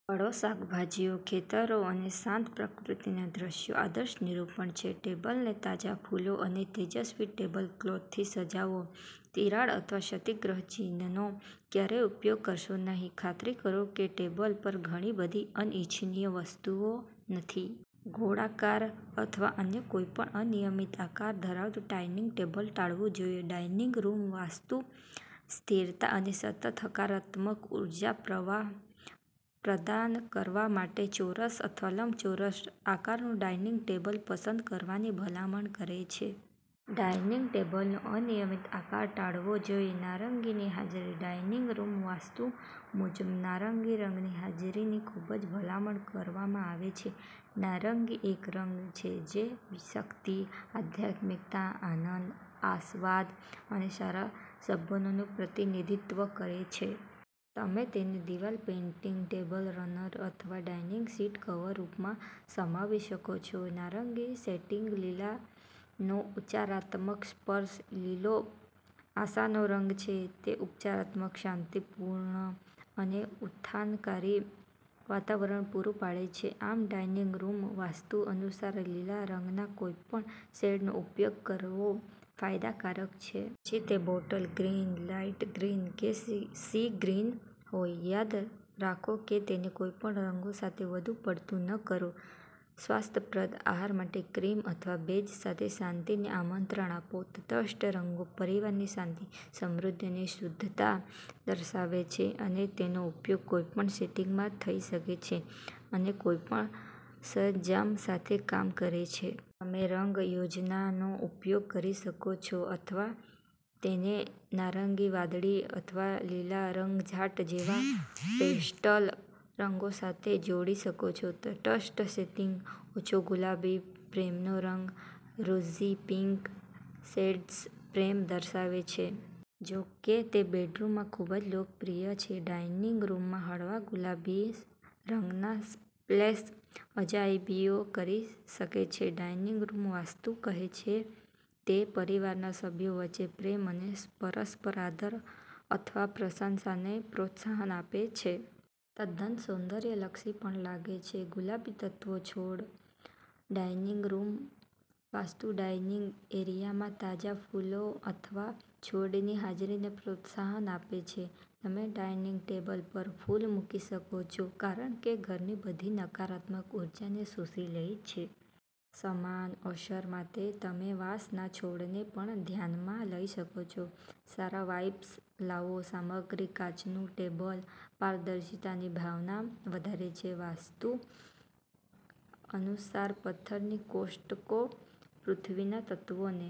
ફળો, શાકભાજી, ખેતરો અને શાંત પ્રકૃતિના દ્રશ્યો આદર્શ નિરૂપણ છે. ટેબલને તાજા ફૂલો અને તેજસ્વી ટેબલક્લોથથી સજાવો. તિરાડ અથવા ક્ષતિગ્રસ્ત ચીનનો ક્યારેય ઉપયોગ કરશો નહીં. ખાતરી કરો કે ટેબલ પર ઘણી બધી અનિચ્છનીય વસ્તુઓ નથી. આકાર: ગોળાકાર અથવા અન્ય કોઈપણ અનિયમિત આકાર ધરાવતું ડાઈનિંગ ટેબલ ટાળવું જોઈએ. ડાઇનિંગ રૂમ વાસ્તુ સ્થિરતા અને સતત હકારાત્મક ઊર્જા પ્રવાહ પ્રદાન કરવા માટે ચોરસ અથવા લંબચોરસ આકારનું ડાઇનિંગ ટેબલ પસંદ કરવાની ભલામણ કરે છે. ડાઇનિંગ ટેબલનો અનિયમિત આકાર ટાળવો જોઈએ. નારંગીની હાજરી. ડાઇનિંગ રૂમ વાસ્તુ મુજબ નારંગી રંગની હાજરીની ખૂબ ભલામણ કરવામાં આવે છે. નારંગી એક રંગ છે જે શક્તિ, આધ્યાત્મિકતા, આનંદ, આશાવાદ અને સારા સંબંધોનું પ્રતિનિધિત્વ કરે છે. તમે તેને દિવાલ પેઇન્ટિંગ, ટેબલ રનર અથવા ડાઇનિંગ સીટ કવરના રૂપમાં સમાવી શકો છો. નારંગી સેટિંગ. લીલાનો ઉપચારાત્મક સ્પર્શ. લીલો આશાનો રંગ છે. તે ઉપચારાત્મક, શાંતિપૂર્ણ અને ઉત્થાનકારી વાતાવરણ પૂરું પાડે છે. આમ, ડાઇનિંગ રૂમ વાસ્તુ અનુસાર લીલા રંગના કોઈપણ શેડનો ઉપયોગ કરવો ફાયદાકારક છે. પછી તે બોટલ ગ્રીન, લાઇટ ગ્રીન કે સી ગ્રીન હોય. યાદ રાખો કે તેને કોઈપણ રંગો સાથે વધુ પડતું ન કરો. સ્વાસ્થ્યપ્રદ આહાર માટે ક્રીમ અથવા બેજ સાથે શાંતિને આમંત્રણ આપો. તટસ્થ રંગો પરિવારની શાંતિ, સમૃદ્ધિ અને શુદ્ધતા દર્શાવે છે અને તેનો ઉપયોગ કોઈપણ સેટિંગમાં થઈ શકે છે અને કોઈપણ સરંજામ સાથે કામ કરે છે. તમે રંગ યોજનાનો ઉપયોગ કરી શકો છો અથવા તેને નારંગી, વાદળી અથવા લીલા રંગછટા જેવા પેસ્ટલ રંગો સાથે જોડી શકો છો. તટસ્થ સેટિંગ. આછો ગુલાબી, પ્રેમનો રંગ. રોઝી પિંક શેડ્સ પ્રેમ દર્શાવે છે. જો કે તે બેડરૂમમાં ખૂબ લોકપ્રિય છે, ડાઇનિંગ રૂમમાં હળવા ગુલાબી રંગના સ્પ્લેશ અજાયબીઓ કરી શકે છે, ડાઇનિંગ રૂમ વાસ્તુ કહે છે. તે પરિવારના સભ્યો વચ્ચે પ્રેમ અને પરસ્પર આદર અથવા પ્રશંસાને પ્રોત્સાહન આપે છે. તદ્દન સૌંદર્યલક્ષી પણ લાગે છે. ગુલાબી તત્વો. છોડ. ડાઇનિંગ રૂમ વાસ્તુ ડાઇનિંગ એરિયામાં તાજા ફૂલો અથવા છોડની હાજરીને પ્રોત્સાહન આપે છે. તમે ડાઇનિંગ ટેબલ પર ફૂલ મૂકી શકો છો કારણ કે તે ઘરની બધી નકારાત્મક ઊર્જાને શોષી લે છે. સમાન અસર માટે તમે વાંસના છોડને પણ ધ્યાનમાં લઈ શકો છો. સારા વાઇબ્સ લાવો. સામગ્રી. કાચનું ટેબલ પારદર્શિતાની ભાવના વધારે છે. વાસ્તુ અનુસાર, પથ્થરની કોષ્ટકો પૃથ્વીના તત્વોને